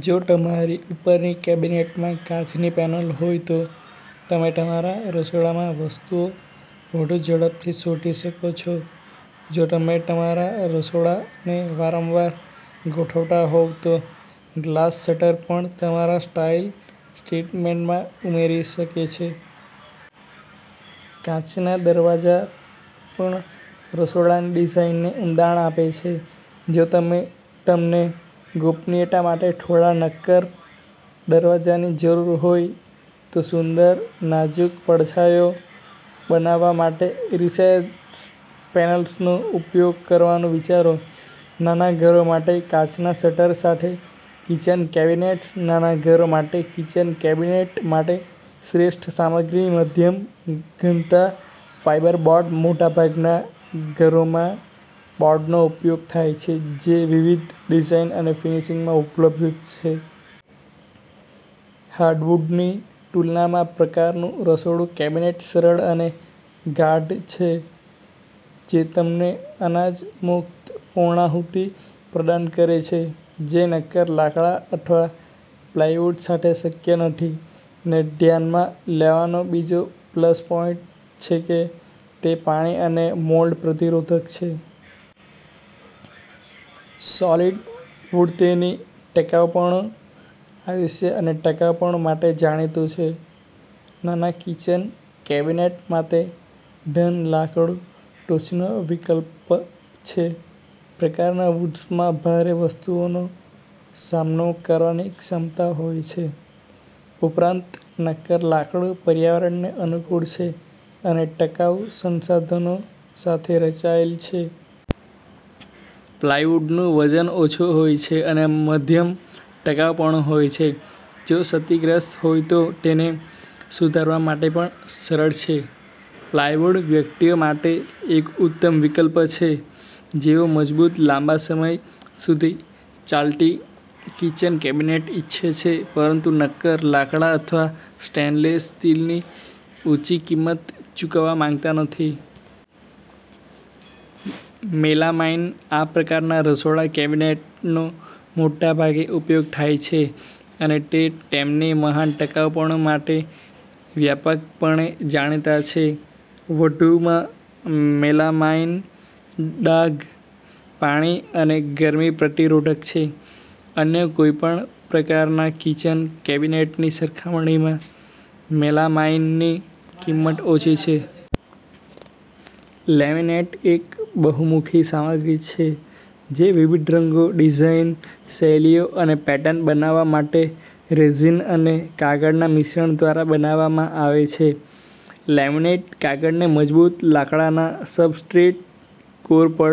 જો તમારી ઉપરની કેબિનેટમાં કાચની પેનલ હોય તો તમે તમારા રસોડામાં વસ્તુઓ વધુ ઝડપથી શોધી શકો છો. જો તમે તમારા રસોડાને વારંવાર ગોઠવતા હોવ તો ગ્લાસ શટર પણ તમારા સ્ટાઇલ સ્ટેટમેન્ટમાં ઉમેરી શકે છે. કાચના દરવાજા પણ રસોડાની ડિઝાઇનને ઊંડાણ આપે છે. જો તમને ગોપનીયતા માટે થોડા નક્કર દરવાજાની જરૂર હોય, તો સુંદર, નાજુક પડછાયાઓ બનાવવા માટે રિસેસ્ડ પેનલ્સનો ઉપયોગ કરવાનું વિચારો. નાના ઘરો માટે કાચના શટર સાથે કિચન કેબિનેટ્સ નાના ઘરો માટે કિચન કેબિનેટ માટે શ્રેષ્ઠ સામગ્રી મધ્યમ-ઘનતા ફાઇબરબોર્ડ મોટાભાગના ઘરોમાં બોર્ડનો ઉપયોગ થાય છે, જે વિવિધ ડિઝાઇન અને ફિનિશમાં ઉપલબ્ધ છે. હાર્ડવુડની તુલનામાં, પ્રકારનું રસોડું કેબિનેટ સરળ અને ગાઢ છે, જે તમને અનાજ-મુક્ત પૂર્ણાહુતિ પ્રદાન કરે છે જે નક્કર લાકડા અથવા પ્લાયવુડ સાથે શક્ય નથી. ને ધ્યાનમાં લેવાનો બીજો પ્લસ પોઈન્ટછે કે તે પાણી અને મોલ્ડ પ્રતિરોધક છે. સોલિડ વુડતેની ટકાઉપણું, આયુષ્ય અને ટકાઉપણું માટે જાણીતું છે, નાના કિચન કેબિનેટ માટે ઘન લાકડું ટોચનો વિકલ્પ છે. પ્રકારના વૂડ્સમાં ભારે વસ્તુઓનો સામનો કરવાની ક્ષમતા હોય છે. ઉપરાંત, નક્કર લાકડું પર્યાવરણને અનુકૂળ છે અને ટકાઉ સંસાધનો સાથે રચાયેલ છે. પ્લાયવુડનું વજન ઓછું હોય છે, અને મધ્યમ ટકાઉપણું હોય છે. જો ક્ષતિગ્રસ્ત હોય તો તેને સુધારવા માટે પણ સરળ છે. પ્લાયવુડ વ્યક્તિઓ માટે એક ઉત્તમ વિકલ્પ છે જેઓ મજબૂત, લાંબા સમય સુધી ચાલતી કિચન કેબિનેટ ઇચ્છે છે પરંતુ નક્કર લાકડા અથવા સ્ટેનલેસ સ્ટીલની ઊંચી કિંમત ચૂકવવા માંગતા નથી. મેલામાઇન આ પ્રકારના રસોડા કેબિનેટનો મોટાભાગે ઉપયોગ થાય છે અને તે તેમની મહાન ટકાઉપણું માટે વ્યાપકપણે જાણીતા છે. વધુમાં, મેલામાઇન ડાઘ, પાણી અને ગરમી પ્રતિરોધક છે. અન્ય કોઈપણ પ્રકારના કિચન કેબિનેટની સરખામણીમાં મેલામાઈનની કિંમત ઓછી છે. લેમિનેટએક બહુમુખી સામગ્રી છે જે વિવિધ રંગો, ડિઝાઇન, શૈલીઓ અને પેટર્ન બનાવવા માટે રેઝિન અને કાગળના મિશ્રણ દ્વારા બનાવવામાં આવે છે. લેમિનેટ કાગળને મજબૂત લાકડાના સબસ્ટ્રેટ કોર પર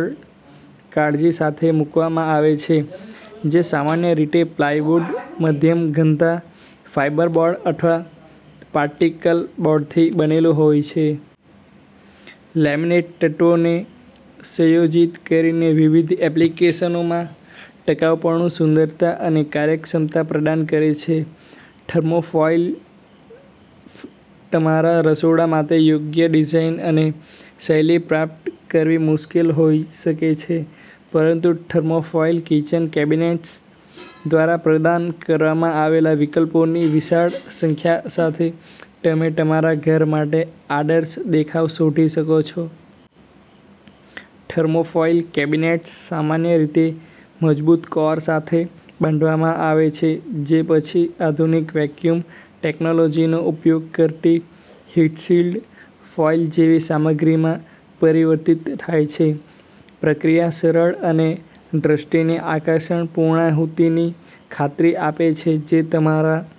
કાળજી સાથે મૂકવામાં આવે છે, જે સામાન્ય રીતે પ્લાયવુડ, મધ્યમ-ઘનતા ફાઇબરબોર્ડ અથવા પાર્ટિકલબોર્ડથી બનેલું હોય છે. લેમિનેટતત્વોને સંયોજિત કરીને વિવિધ એપ્લિકેશનોમાં ટકાઉપણું, સુંદરતા અને કાર્યક્ષમતા પ્રદાન કરે છે. થર્મોફોઇલતમારા રસોડા માટે યોગ્ય ડિઝાઇન અને શૈલી પ્રાપ્ત કરવી મુશ્કેલ હોઈ શકે છે, પરંતુ થર્મોફોઇલ કિચન કેબિનેટ્સ દ્વારા પ્રદાન કરવામાં આવેલા વિકલ્પોની વિશાળ સંખ્યા સાથે, તમે તમારા ઘર માટે આદર્શ દેખાવ શોધી શકો છો. થર્મોફોઇલ કેબિનેટ્સ સામાન્ય રીતે મજબૂત કોર સાથે બાંધવામાં આવે છે જે પછી આધુનિક વેક્યૂમ ટેક્નોલોજીનો ઉપયોગ કરતી હીટ-સીલ્ડ ફોઇલ જેવી સામગ્રીમાં પરિવર્તિત થાય છે. પ્રક્રિયા સરળ અને દૃષ્ટિની આકર્ષક પૂર્ણાહુતિની ખાતરી આપે છે જે તમારા